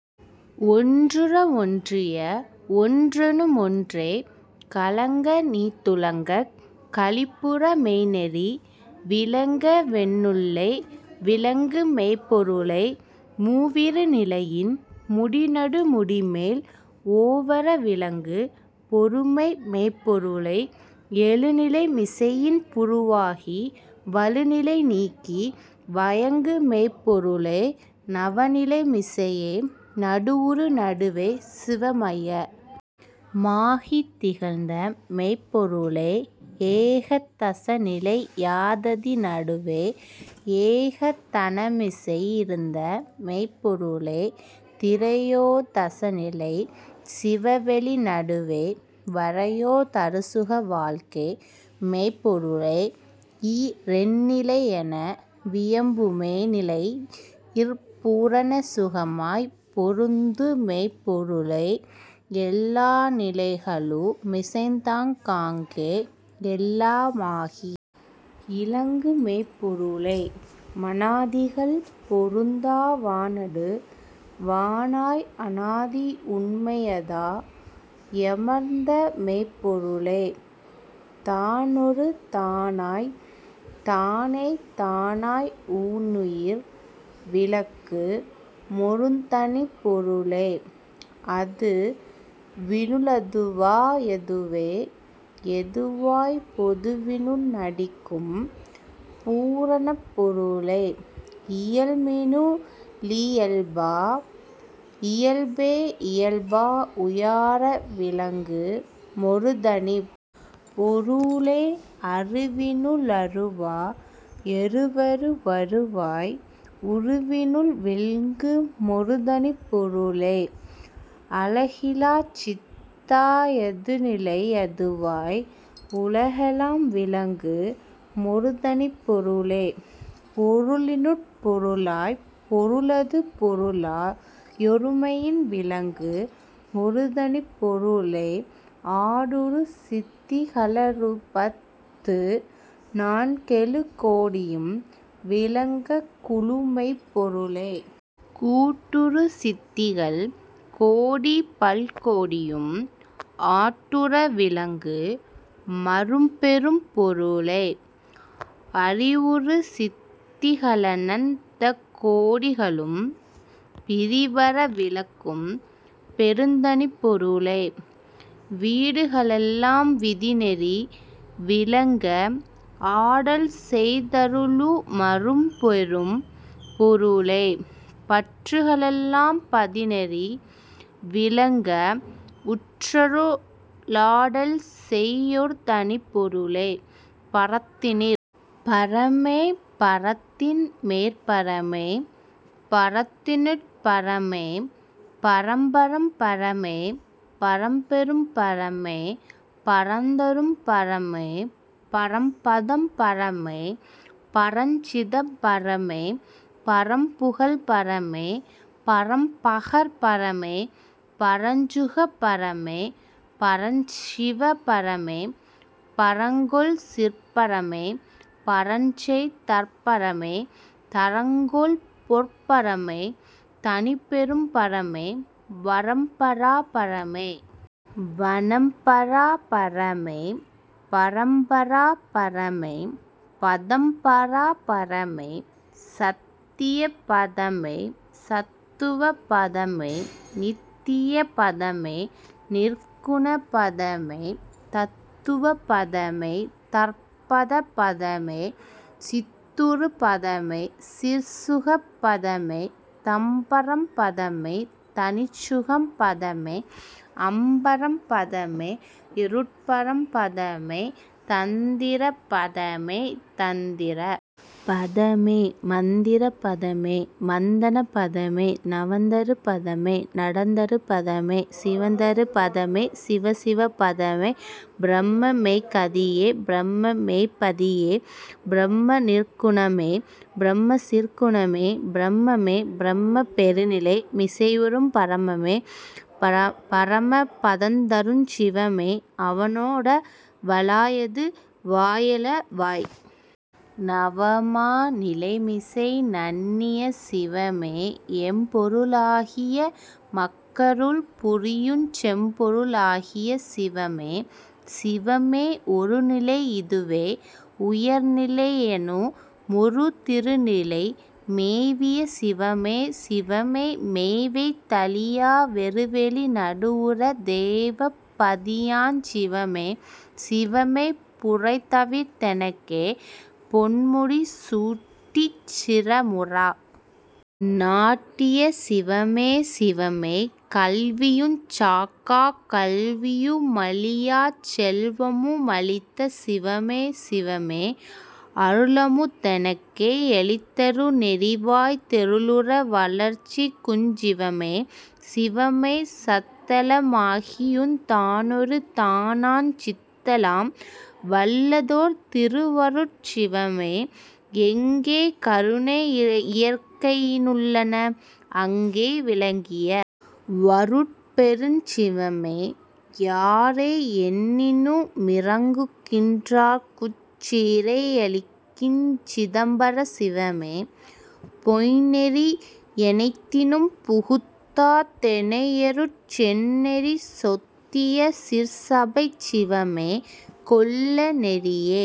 ஒன்றுற வொன்றிய வொன்றெனு மொன்றே களங்கநீத் துலகங் களிப்புற மெய்நெறி விளங்கவென் னுள்ளே விளங்குமெய்ப் பொருளே மூவிரு நிலையின் முடிநடு முடிமேல் ஓவற விளங்கு மொருமைமெய்ப் பொருளே எழுநிலை மிசையே யின்புரு வாகி வழுநிலை நீக்கி வயங்குமெய்ப் பொருளே நவநிலை மிசையே நடுவுறு நடுவே சிவமய மாகித் திகழ்ந்தமெய்ப் பொருளே ஏகா தசநிலை யாததி னடுவே ஏகா தனமிசை யிருந்தமெய்ப் பொருளே திரையோ தசநிலை சிவவெளி நடுவே வரையோ தருசுக வாழ்க்கைமெய்ப் பொருளே இரெண் ணிலையென வியம்புமே னிலையிற் பூரண சுகமாய்ப் பொருந்துமெய்ப் பொருளே எல்லா நிலைகளு மிசைந்தாங் காங்கே எல்லா மாகி யிலங்குமெய்ப் பொருளே மனாதிகள் பொருந்தா வானடு வானாய் அனாதியுண் மையதா யமர்ந்தமெய்ப் பொருளே தானொரு தானாய்த் தானே தானாய் ஊனுயிர் விளக்கு மொருதனிப் பொருளே அதுவினு ளதுவா யதுவே யதுவாய்ப் பொதுவினுள் நடிக்கும் பூரணப் பொருளே இயல்பினு ளியல்பா யியல்பே யியல்பா உயாற விளங்கு மொருதனிப் பொருளே அருவினு ளருவா யருவரு வருவாய் உருவினுள் விள்ங்கு மொருதனிப் பொருளே அலகிலாச் சித்தா யதுநிலை யதுவாய் உலகெலாம் விளங்கு மொருதனிப் பொருளே பொருளினுட் பொருளாய்ப் பொருளது பொருளா யொருமையின் விளங்கு மொருதனிப் பொருளே ஆடுறு சித்திக ளறுபத் துநான்கெழு கோடியும் விளங்கக் குலவுமெய்ப் பொருளே கூட்டுறு சித்திகள் கோடிபல் கோடியும் ஆட்டுற விளங்கு மரும்பெரும் பொருளே அறிவுறு சித்திக ளனந்தகோ டிகளும் பிறிவற விளக்கும் பெருந்தனிப் பொருளே வீடுக ளெல்லாம் விதிநெறி விளங்க ஆடல்செய் தருளு மரும்பெரும் பொருளே பற்றுக ளெல்லாம் பதிநெறி விளங்க உற்றரு ளாடல்செய் யொருதனிப் பொருளே பரத்தினிற் பரமே பரத்தின்மேற் பரமே பரத்தினுட் பரமே பரம்பரம் பரமே பரம்பெறும் பரமே பரந்தரும் பரமே பரம்பதம் பரமே பரஞ் சிதம்பரமே பரம்புகழ் பரமே பரம்பகர் பரமே பரஞ்சுக பரமே பரஞ்சிவ பரமே பரங்கொள் சிற்பரமே பரஞ்செய் தற்பரமே தரங்கொள் பொற்பரமே தனிப்பெரும் பரமே வரம்பரா பரமே வணம்பரா பரமே பரம்பரா பரமே பதம்பரா பரமே சத்திய பதமே சத்துவ பதமே நித்திய பதமே நிற்குண பதமே தத்துவ பதமே தற்பத பதமே சித்துறு பதமே சிற்சுக பதமே தம்பரம் பதமே தனிச்சுகம் பதமே அம்பரம் பதமே யருட்பரம் பதமே தந்திர பதமே தந்திர பதமே மந்திர பதமே மந்தண பதமே நவந்தரு பதமே நடந்தரு பதமே சிவந்தரு பதமே சிவசிவ பதமே பிரமமெய்க் கதியே பிரமமெய்ப் பதியே பிரமநிற் குணமே பிரமசிற் குணமே பிரமமே பிரமப் பெருநிலை மிசையுறும் பரமமே பரம பதந்தருஞ் சிவமே அவனோ டவளா யதுவா யலவாய் நவமா நிலைமிசை நண்ணிய சிவமே எம்பொரு ளாகி யெமக்கருள் புரியுஞ் செம்பொரு ளாகிய சிவமே சிவமே ஒருநிலை யிதுவே வுயர்நிலை யெனுமொரு திருநிலை மேவிய சிவமே சிவமே மெய்வைத் தழியா வெறுவெளி நடுவுற தெய்வப் பதியாஞ் சிவமே சிவமே புரைதவிர்த் தெனக்கே பொன்முடி சூட்டிச் சிரமுற நாட்டிய சிவமே சிவமே கல்வியுஞ் சாகாக் கல்வியு மழியாச் செல்வமு மளித்த சிவமே சிவமே அருளமு தெனக்கே யளித்தரு ணெறிவாய்த் தெருளுற வளர்க்குஞ் சிவமே சிவமே சத்தெலா மாகியுந் தானொரு தானாஞ் சித்தெலாம் வல்லதோர் திருவருட் சிவமே எங்கே கருணை யியற்கையி னுள்ளன அங்கே விளங்கிய வருட்பெருஞ் சிவமே யாரே யென்னினு மிரங்குகின் றார்க்குச் சீரே யளிக்கிஞ் சிதம்பர சிவமே பொய்ந்நெறி யனைத்தினும் புகுத்தா தெனையருட் செந்நெறி சொத்திய சிற்சபைச் சிவமே கொல்ல நெறியே